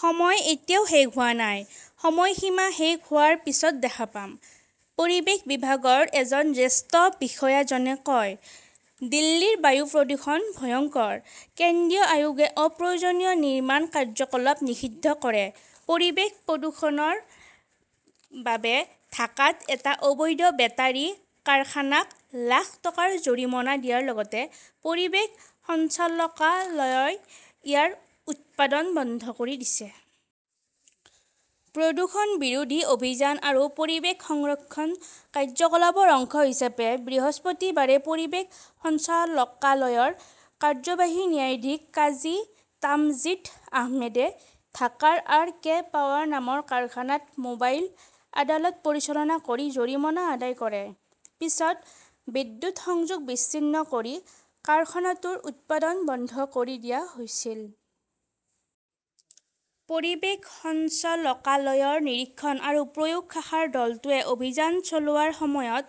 "সময় এতিয়াও শেষ হোৱা নাই। সময়সীমা শেষ হোৱাৰ পিছত দেখা পাম ", পৰিৱেশ বিভাগৰ এজন জ্যেষ্ঠ বিষয়াজনে কয়। দিল্লীৰ বায়ু প্ৰদূষণ ভয়ংকৰ, কেন্দ্ৰীয় আয়োগে অপ্ৰয়োজনীয় নিৰ্মাণ কাৰ্যকলাপ নিষিদ্ধ কৰে পৰিৱেশ প্ৰদূষণৰ বাবে ঢাকাত এটা অবৈধ বেটাৰী কাৰখানাক লাখ টকাৰ জৰিমনা দিয়াৰ লগতে পৰিৱেশ সঞ্চালকালয়ই ইয়াৰ উৎপাদন বন্ধ কৰি দিছে। প্ৰদূষণ বিৰোধী অভিযান আৰু পৰিৱেশ সংৰক্ষণ কাৰ্যকলাপৰ অংশ হিচাপে বৃহস্পতিবাৰে পৰিৱেশ সঞ্চালকালয়ৰ কাৰ্যবাহী ন্যায়াধীশ কাজী তামজিদ আহমেদে ঢাকাৰ আৰ. কে. পাৱাৰ নামৰ কাৰখানাত মোবাইল আদালত পৰিচালনা কৰি জৰিমনা আদায় কৰে। পিছত বিদ্যুৎ সংযোগ বিচ্ছিন্ন কৰি কাৰখানাটোৰ উৎপাদন বন্ধ কৰি দিয়া হৈছিল। পৰিৱেশ সঞ্চালকালয়ৰ নিৰীক্ষণ আৰু প্ৰয়োগ শাখাৰ দলটোৱে অভিযান চলোৱাৰ সময়ত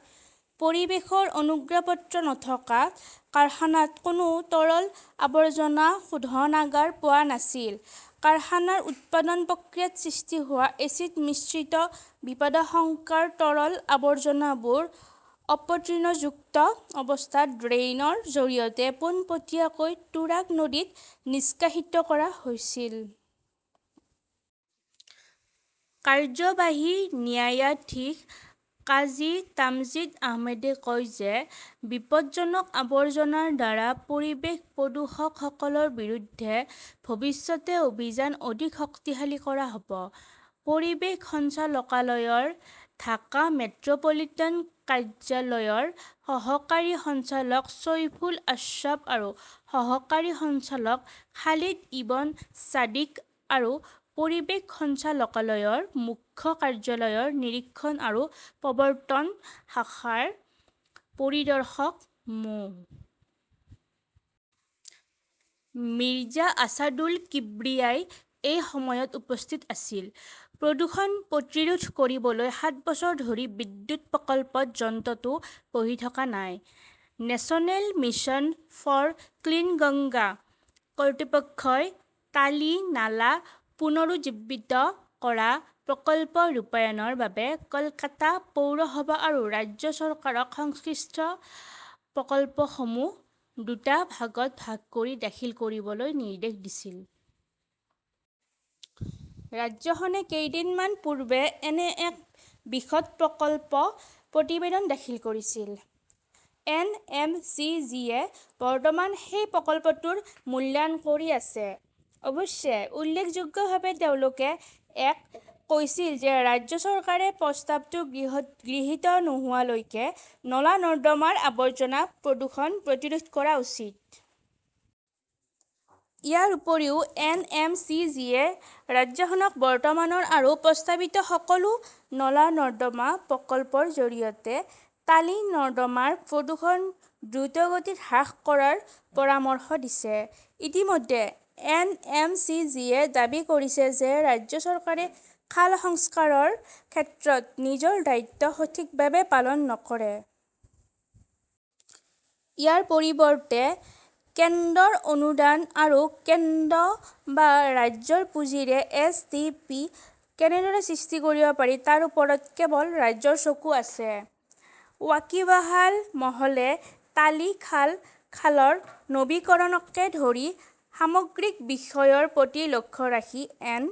পৰিৱেশৰ অনুজ্ঞাপত্ৰ নথকা কাৰখানাত কোনো তৰল আৱৰ্জনা শোধনাগাৰ পোৱা নাছিল। কাৰখানাৰ উৎপাদন প্ৰক্ৰিয়াত সৃষ্টি হোৱা এচিড-মিশ্ৰিত বিপদাশংকাৰ তৰল আৱৰ্জনাবোৰ অপতৃণযুক্ত অৱস্থাত ড্ৰেইনৰ জৰিয়তে পোনপটীয়াকৈ তুৰাগ নদীত নিষ্কাশিত কৰা হৈছিল। কাৰ্যবাহী ন্যায়াধীশ কাজী তামজিদ আহমেদে কয় যে বিপদজনক আৱৰ্জনাৰ দ্বাৰা পৰিৱেশ প্ৰদূষকসকলৰ বিৰুদ্ধে ভৱিষ্যতে অভিযান অধিক শক্তিশালী কৰা হ 'ব। পৰিৱেশ সঞ্চালকালয়ৰ ঢাকা মেট্ৰ 'পলিটান কাৰ্যালয়ৰ সহকাৰী সঞ্চালক চৈফুল আশ্ৰাব আৰু সহকাৰী সঞ্চালক খালিদ ইবন ছাদিক আৰু পৰিৱেশ সঞ্চালকালয়ৰ মুখ্য কাৰ্যালয়ৰ নিৰীক্ষণ আৰু প্ৰবৰ্ত্তন শাখাৰ পৰিদৰ্শক মো. মিৰ্জা আছাদুল কিব্ৰিয়াই এই সময়ত উপস্থিত আছিল। প্ৰদূষণ প্ৰতিৰোধ কৰিবলৈ সাত বছৰ ধৰি বিদ্যুৎ প্ৰকল্পত যন্ত্ৰটো বহি থকা নাই 'National Mission for Clean Ganga " কৰ্তৃপক্ষই টালি নালা পুনৰুজ্জীৱিত কৰা প্ৰকল্প ৰূপায়ণৰ বাবে কলকাতা পৌৰসভা আৰু ৰাজ্য চৰকাৰক সংশ্লিষ্ট প্ৰকল্পসমূহ দুটা ভাগত ভাগ কৰি দাখিল কৰিবলৈ নিৰ্দেশ দিছিল। ৰাজ্যখনে কেইদিনমান পূৰ্বে এনে এক বিশদ প্ৰকল্প প্ৰতিবেদন দাখিল কৰিছিল। এন. এম. চি. জি. -য়ে বৰ্তমান সেই প্ৰকল্পটোৰ মূল্যায়ন কৰি আছে। অৱশ্যে, উল্লেখযোগ্যভাৱে তেওঁলোকে এ-ক কৈছিল যে ৰাজ্য চৰকাৰে প্ৰস্তাৱটো গৃহীত নোহোৱালৈকে নলা-নৰ্দমাৰ আৱৰ্জনা-প্ৰদূষণ প্ৰতিৰোধ কৰা উচিত। ইয়াৰ উপৰিও এন. এম. চি. জি. -য়ে ৰাজ্যখনক বৰ্তমানৰ আৰু প্ৰস্তাৱিত সকলো নলা-নৰ্দমা প্ৰকল্প -ৰ জৰিয়তে টালি নৰ্দমাৰ প্ৰদূষণ দ্ৰুতগতিত হ্ৰাস কৰাৰ পৰামৰ্শ দিছে। ইতিমধ্যে, এন. এম. চি. জি. -য়ে দাবী কৰিছে যে ৰাজ্য চৰকাৰে খাল সংস্কাৰৰ ক্ষেত্ৰত নিজৰ দায়িত্ব সঠিকভাৱে পালন নকৰে। ইয়াৰ পৰিৱৰ্তে, কেন্দ্ৰৰ অনুদান আৰু কেন্দ্ৰ বা ৰাজ্যৰ পুঁজিৰে এছ. টি. পি. কেনেদৰে সৃষ্টি কৰিব পাৰি তাৰ ওপৰত কেৱল 'ৰাজ্যৰ "চকু আছে। ৱাকিবহাল মহলে টালি খাল, খালৰ নৱীকৰণকে ধৰি সামগ্ৰিক বিষয়ৰ প্ৰতি লক্ষ্য ৰাখি এন.